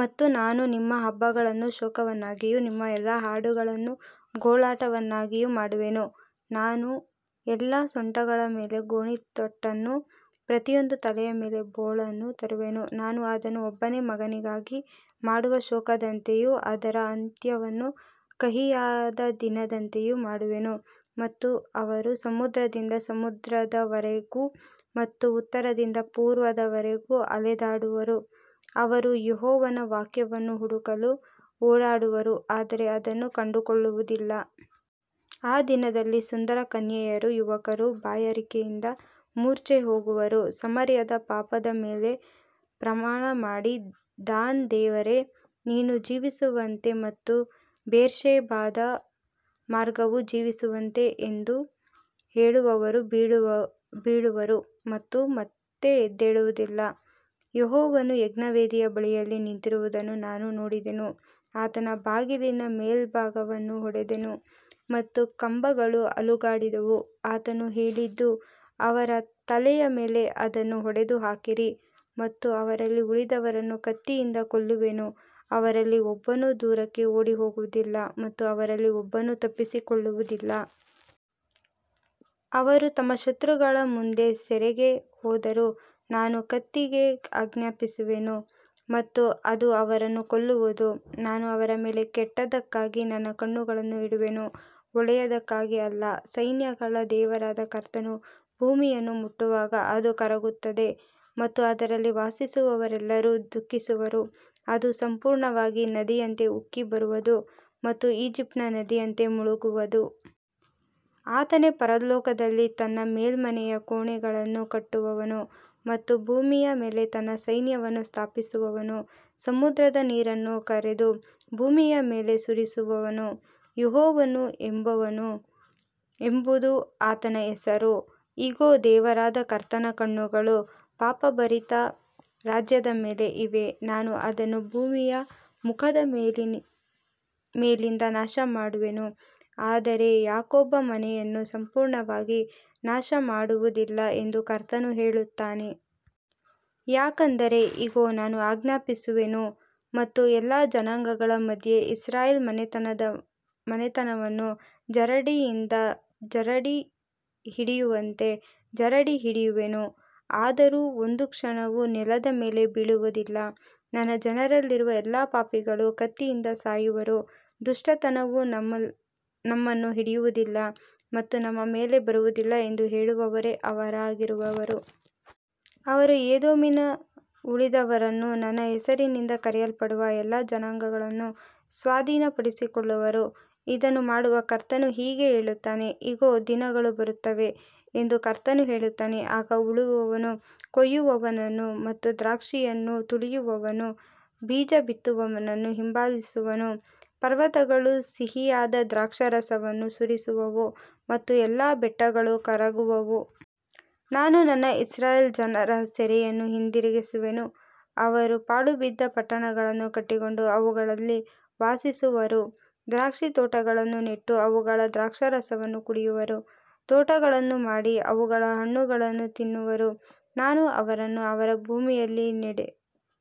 ಮತ್ತು ನಾನು ನಿಮ್ಮ ಹಬ್ಬಗಳನ್ನು ಶೋಕವನ್ನಾಗಿಯೂ ನಿಮ್ಮ ಎಲ್ಲಾ ಹಾಡುಗಳನ್ನು ಗೋಳಾಟವನ್ನಾಗಿಯೂ ಮಾಡುವೆನು, ನಾನು ಎಲ್ಲಾ ಸೊಂಟಗಳ ಮೇಲೆ ಗೋಣಿತಟ್ಟನ್ನೂ ಪ್ರತಿಯೊಂದು ತಲೆಯ ಮೇಲೆ ಬೋಳನ್ನೂ ತರುವೆನು, ನಾನು ಅದನ್ನು ಒಬ್ಬನೇ ಮಗನಿಗಾಗಿ ಮಾಡುವ ಶೋಕದಂತೆಯೂ ಅದರ ಅಂತ್ಯವನ್ನು ಕಹಿಯಾದ ದಿನದಂತೆಯೂ ಮಾಡುವೆನು. ಮತ್ತು ಅವರು ಸಮುದ್ರದಿಂದ ಸಮುದ್ರದವರೆಗೂ ಮತ್ತು ಉತ್ತರದಿಂದ ಪೂರ್ವದವರೆಗೂ ಅಲೆದಾಡುವರು, ಅವರು ಯೆಹೋವನ ವಾಕ್ಯವನ್ನು ಹುಡುಕಲು ಓಡಾಡುವರು, ಆದರೆ ಅದನ್ನು ಕಂಡುಕೊಳ್ಳುವುದಿಲ್ಲ. ಆ ದಿನದಲ್ಲಿ ಸುಂದರ ಕನ್ಯೆಯರೂ ಯುವಕರೂ ಬಾಯಾರಿಕೆಯಿಂದ ಮೂರ್ಛೆಹೋಗುವರು, ಸಮಾರ್ಯದ ಪಾಪದ ಮೇಲೆ ಪ್ರಮಾಣಮಾಡಿ, ದಾನ್ ದೇವರೇ, ನೀನು ಜೀವಿಸುವಂತೆ ಮತ್ತು ಬೇರ್ಷೆಬಾದ ಮಾರ್ಗವು ಜೀವಿಸುವಂತೆ ಎಂದು ಹೇಳುವವರು ಬೀಳುವರು ಮತ್ತು ಮತ್ತೆ ಎದ್ದೇಳುವುದಿಲ್ಲ. ಯೆಹೋವನು ಯಜ್ಞವೇದಿಯ ಬಳಿಯಲ್ಲಿ ನಿಂತಿರುವುದನ್ನು ನಾನು ನೋಡಿದೆನು, ಆತನು ಬಾಗಿಲಿನ ಮೇಲ್ಭಾಗವನ್ನು ಹೊಡೆದನು ಮತ್ತು ಕಂಬಗಳು ಅಲುಗಾಡಿದವು, ಆತನು ಹೇಳಿದ್ದು, ಅವರ ತಲೆಯ ಮೇಲೆ ಅದನ್ನು ಒಡೆದುಹಾಕಿರಿ ಮತ್ತು ಅವರಲ್ಲಿ ಉಳಿದವರನ್ನು ಕತ್ತಿಯಿಂದ ಕೊಲ್ಲುವೆನು, ಅವರಲ್ಲಿ ಒಬ್ಬನೂ ದೂರಕ್ಕೆ ಓಡಿಹೋಗುವುದಿಲ್ಲ ಮತ್ತು ಅವರಲ್ಲಿ ಒಬ್ಬನೂ ತಪ್ಪಿಸಿಕೊಳ್ಳುವುದಿಲ್ಲ. ಅವರು ತಮ್ಮ ಶತ್ರುಗಳ ಮುಂದೆ ಸೆರೆಗೆ ಹೋದರೂ ನಾನು ಕತ್ತಿಗೆ ಆಜ್ಞಾಪಿಸುವೆನು ಮತ್ತು ಅದು ಅವರನ್ನು ಕೊಲ್ಲುವುದು, ನಾನು ಅವರ ಮೇಲೆ ಕೆಟ್ಟದ್ದಕ್ಕಾಗಿ ನನ್ನ ಕಣ್ಣುಗಳನ್ನು ಇಡುವೆನು, ಒಳ್ಳೆಯದಕ್ಕಾಗಿ ಅಲ್ಲ. ಸೈನ್ಯಗಳ ದೇವರಾದ ಕರ್ತನು ಭೂಮಿಯನ್ನು ಮುಟ್ಟುವಾಗ ಅದು ಕರಗುತ್ತದೆ ಮತ್ತು ಅದರಲ್ಲಿ ವಾಸಿಸುವವರೆಲ್ಲರೂ ದುಃಖಿಸುವರು, ಅದು ಸಂಪೂರ್ಣವಾಗಿ ನದಿಯಂತೆ ಉಕ್ಕಿಬರುವುದು ಮತ್ತು ಈಜಿಪ್ಟಿನ ನದಿಯಂತೆ ಮುಳುಗುವುದು. ಆತನೇ ಪರಲೋಕದಲ್ಲಿ ತನ್ನ ಮೇಲ್ಮನೆಯ ಕೋಣೆಗಳನ್ನು ಕಟ್ಟುವವನು ಮತ್ತು ಭೂಮಿಯ ಮೇಲೆ ತನ್ನ ಸೈನ್ಯವನ್ನು ಸ್ಥಾಪಿಸುವವನು, ಸಮುದ್ರದ ನೀರನ್ನು ಕರೆದು ಭೂಮಿಯ ಮೇಲೆ ಸುರಿಸುವವನು, ಯೆಹೋವನು ಎಂಬುದು ಆತನ ಹೆಸರು. ಇಗೋ, ದೇವರಾದ ಕರ್ತನ ಕಣ್ಣುಗಳು ಪಾಪಭರಿತ ರಾಜ್ಯದ ಮೇಲೆ ಇವೆ, ನಾನು ಅದನ್ನು ಭೂಮಿಯ ಮುಖದ ಮೇಲಿಂದ ನಾಶಮಾಡುವೆನು, ಆದರೆ ಯಾಕೋಬನ ಮನೆಯನ್ನು ಸಂಪೂರ್ಣವಾಗಿ ನಾಶಮಾಡುವುದಿಲ್ಲ ಎಂದು ಕರ್ತನು ಹೇಳುತ್ತಾನೆ. ಯಾಕಂದರೆ ಇಗೋ, ನಾನು ಆಜ್ಞಾಪಿಸುವೆನು ಮತ್ತು ಎಲ್ಲಾ ಜನಾಂಗಗಳ ಮಧ್ಯೆ ಇಸ್ರಾಯೇಲ್ ಮನೆತನವನ್ನು ಜರಡಿಯಿಂದ ಜರಡಿ ಹಿಡಿಯುವಂತೆ ಜರಡಿ ಹಿಡಿಯುವೆನು, ಆದರೂ ಒಂದು ಕಣವೂ ನೆಲದ ಮೇಲೆ ಬೀಳುವುದಿಲ್ಲ. ನನ್ನ ಜನರಲ್ಲಿರುವ ಎಲ್ಲಾ ಪಾಪಿಗಳು ಕತ್ತಿಯಿಂದ ಸಾಯುವರು, ದುಷ್ಟತನವು ನಮ್ಮನ್ನು ಹಿಡಿಯುವುದಿಲ್ಲ ಮತ್ತು ನಮ್ಮ ಮೇಲೆ ಬರುವುದಿಲ್ಲ ಎಂದು ಹೇಳುವವರೇ ಅವರಾಗಿರುವರು. ಅವರು ಎದೋಮಿನ ಉಳಿದವರನ್ನೂ ನನ್ನ ಹೆಸರಿನಿಂದ ಕರೆಯಲ್ಪಡುವ ಎಲ್ಲಾ ಜನಾಂಗಗಳನ್ನೂ ಸ್ವಾಧೀನಪಡಿಸಿಕೊಳ್ಳುವರು, ಇದನ್ನು ಮಾಡುವ ಕರ್ತನು ಹೀಗೆ ಹೇಳುತ್ತಾನೆ. ಇಗೋ, ದಿನಗಳು ಬರುತ್ತವೆ ಎಂದು ಕರ್ತನು ಹೇಳುತ್ತಾನೆ, ಆಗ ಉಳುವವನು ಕೊಯ್ಯುವವನನ್ನು ಮತ್ತು ದ್ರಾಕ್ಷಿಯನ್ನು ತುಳಿಯುವವನು ಬೀಜ ಬಿತ್ತುವವನನ್ನು ಹಿಂಬಾಲಿಸುವನು, ಪರ್ವತಗಳು ಸಿಹಿಯಾದ ದ್ರಾಕ್ಷಾರಸವನ್ನು ಸುರಿಸುವವು ಮತ್ತು ಎಲ್ಲಾ ಬೆಟ್ಟಗಳು ಕರಗುವವು. ನಾನು ನನ್ನ ಇಸ್ರಾಯೇಲ್ ಜನರ ಸೆರೆಯನ್ನು ಹಿಂದಿರುಗಿಸುವೆನು, ಅವರು ಪಾಳುಬಿದ್ದ ಪಟ್ಟಣಗಳನ್ನು ಕಟ್ಟಿಕೊಂಡು ಅವುಗಳಲ್ಲಿ ವಾಸಿಸುವರು, ದ್ರಾಕ್ಷಿತೋಟಗಳನ್ನು ನೆಟ್ಟು ಅವುಗಳ ದ್ರಾಕ್ಷಾರಸವನ್ನು ಕುಡಿಯುವರು, ತೋಟಗಳನ್ನು ಮಾಡಿ ಅವುಗಳ ಹಣ್ಣುಗಳನ್ನು ತಿನ್ನುವರು. ನಾನು ಅವರನ್ನು ಅವರ ಭೂಮಿಯಲ್ಲಿ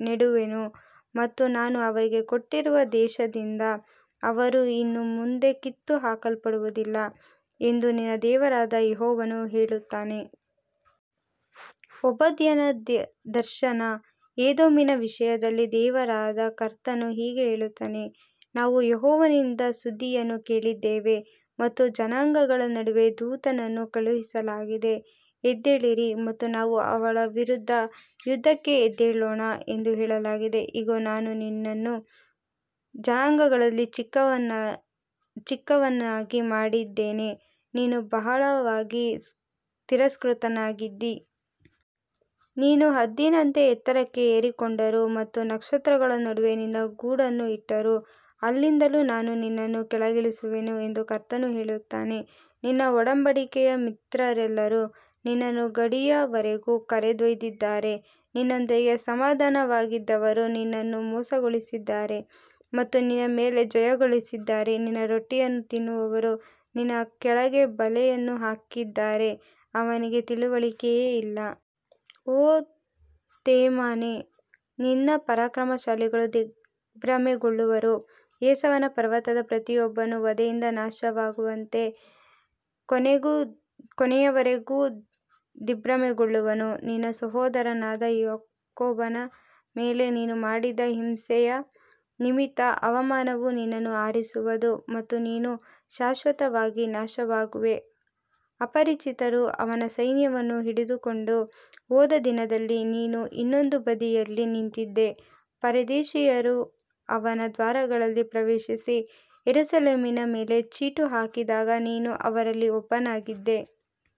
ನೆಡುವೆನು ಮತ್ತು ನಾನು ಅವರಿಗೆ ಕೊಟ್ಟಿರುವ ದೇಶದಿಂದ ಅವರು ಇನ್ನು ಮುಂದೆ ಕಿತ್ತುಹಾಕಲ್ಪಡುವುದಿಲ್ಲ ಎಂದು ನಿನ್ನ ದೇವರಾದ ಯೆಹೋವನು ಹೇಳುತ್ತಾನೆ. ಓಬದ್ಯನ ದರ್ಶನ, ಎದೋಮಿನ ವಿಷಯದಲ್ಲಿ ದೇವರಾದ ಕರ್ತನು ಹೀಗೆ ಹೇಳುತ್ತಾನೆ, ನಾವು ಯೆಹೋವನಿಂದ ಸುದ್ದಿಯನ್ನು ಕೇಳಿದ್ದೇವೆ ಮತ್ತು ಜನಾಂಗಗಳ ನಡುವೆ ದೂತನನ್ನು ಕಳುಹಿಸಲಾಗಿದೆ, ಎದ್ದೇಳಿರಿ ಮತ್ತು ನಾವು ಅವಳ ವಿರುದ್ಧ ಯುದ್ಧಕ್ಕೆ ಎದ್ದೇಳೋಣ ಎಂದು ಹೇಳಲಾಗಿದೆ. ಇಗೋ, ನಾನು ನಿನ್ನನ್ನು ಜನಾಂಗಗಳಲ್ಲಿ ಚಿಕ್ಕವನನ್ನಾಗಿ ಮಾಡಿದ್ದೇನೆ, ನೀನು ಬಹಳವಾಗಿ ತಿರಸ್ಕೃತನಾಗಿದ್ದೀ. ನೀನು ಹದ್ದಿನಂತೆ ಎತ್ತರಕ್ಕೆ ಏರಿಕೊಂಡರೂ ಮತ್ತು ನಕ್ಷತ್ರಗಳ ನಡುವೆ ನಿನ್ನ ಗೂಡನ್ನು ಇಟ್ಟರೂ, ಅಲ್ಲಿಂದಲೂ ನಾನು ನಿನ್ನನ್ನು ಕೆಳಗಿಳಿಸುವೆನು ಎಂದು ಕರ್ತನು ಹೇಳುತ್ತಾನೆ. ನಿನ್ನ ಒಡಂಬಡಿಕೆಯ ಮಿತ್ರರೆಲ್ಲರೂ ನಿನ್ನನ್ನು ಗಡಿಯವರೆಗೂ ಕರೆದೊಯ್ದಿದ್ದಾರೆ, ನಿನ್ನೊಂದಿಗೆ ಸಮಾಧಾನವಾಗಿದ್ದವರು ನಿನ್ನನ್ನು ಮೋಸಗೊಳಿಸಿದ್ದಾರೆ ಮತ್ತು ನಿನ್ನ ಮೇಲೆ ಜಯಗಳಿಸಿದ್ದಾರೆ, ನಿನ್ನ ರೊಟ್ಟಿಯನ್ನು ತಿನ್ನುವವರು ನಿನ್ನ ಕೆಳಗೆ ಬಲೆಯನ್ನು ಹಾಕಿದ್ದಾರೆ, ಅವನಿಗೆ ತಿಳುವಳಿಕೆಯೇ ಇಲ್ಲ. ಓ ತೇಮಾನೇ, ನಿನ್ನ ಪರಾಕ್ರಮಶಾಲಿಗಳು ದಿಗ್ಭ್ರಮೆಗೊಳ್ಳುವರು, ಏಸಾವನ ಪರ್ವತದ ಪ್ರತಿಯೊಬ್ಬನೂ ವಧೆಯಿಂದ ನಾಶವಾಗುವಂತೆ ಕೊನೆಯವರೆಗೂ ದಿಗ್ಭ್ರಮೆಗೊಳ್ಳುವನು. ನಿನ್ನ ಸಹೋದರನಾದ ಯಾಕೋಬನ ಮೇಲೆ ನೀನು ಮಾಡಿದ ಹಿಂಸೆಯ ನಿಮಿತ್ತ ಅವಮಾನವು ನಿನ್ನನ್ನು ಆವರಿಸುವದು ಮತ್ತು ನೀನು ಶಾಶ್ವತವಾಗಿ ನಾಶವಾಗುವೆ. ಅಪರಿಚಿತರು ಅವನ ಸೈನ್ಯವನ್ನು ಸೆರೆಹಿಡಿದುಕೊಂಡು ಹೋದ ದಿನದಲ್ಲಿ, ನೀನು ಇನ್ನೊಂದು ಬದಿಯಲ್ಲಿ ನಿಂತಿದ್ದೆ, ಪರದೇಶಿಯರು ಅವನ ದ್ವಾರಗಳಲ್ಲಿ ಪ್ರವೇಶಿಸಿ ಯೆರೂಸಲೇಮಿನ ಮೇಲೆ ಚೀಟು ಹಾಕಿದಾಗ ನೀನೂ ಅವರಲ್ಲಿ ಒಬ್ಬನಾಗಿದ್ದೆ.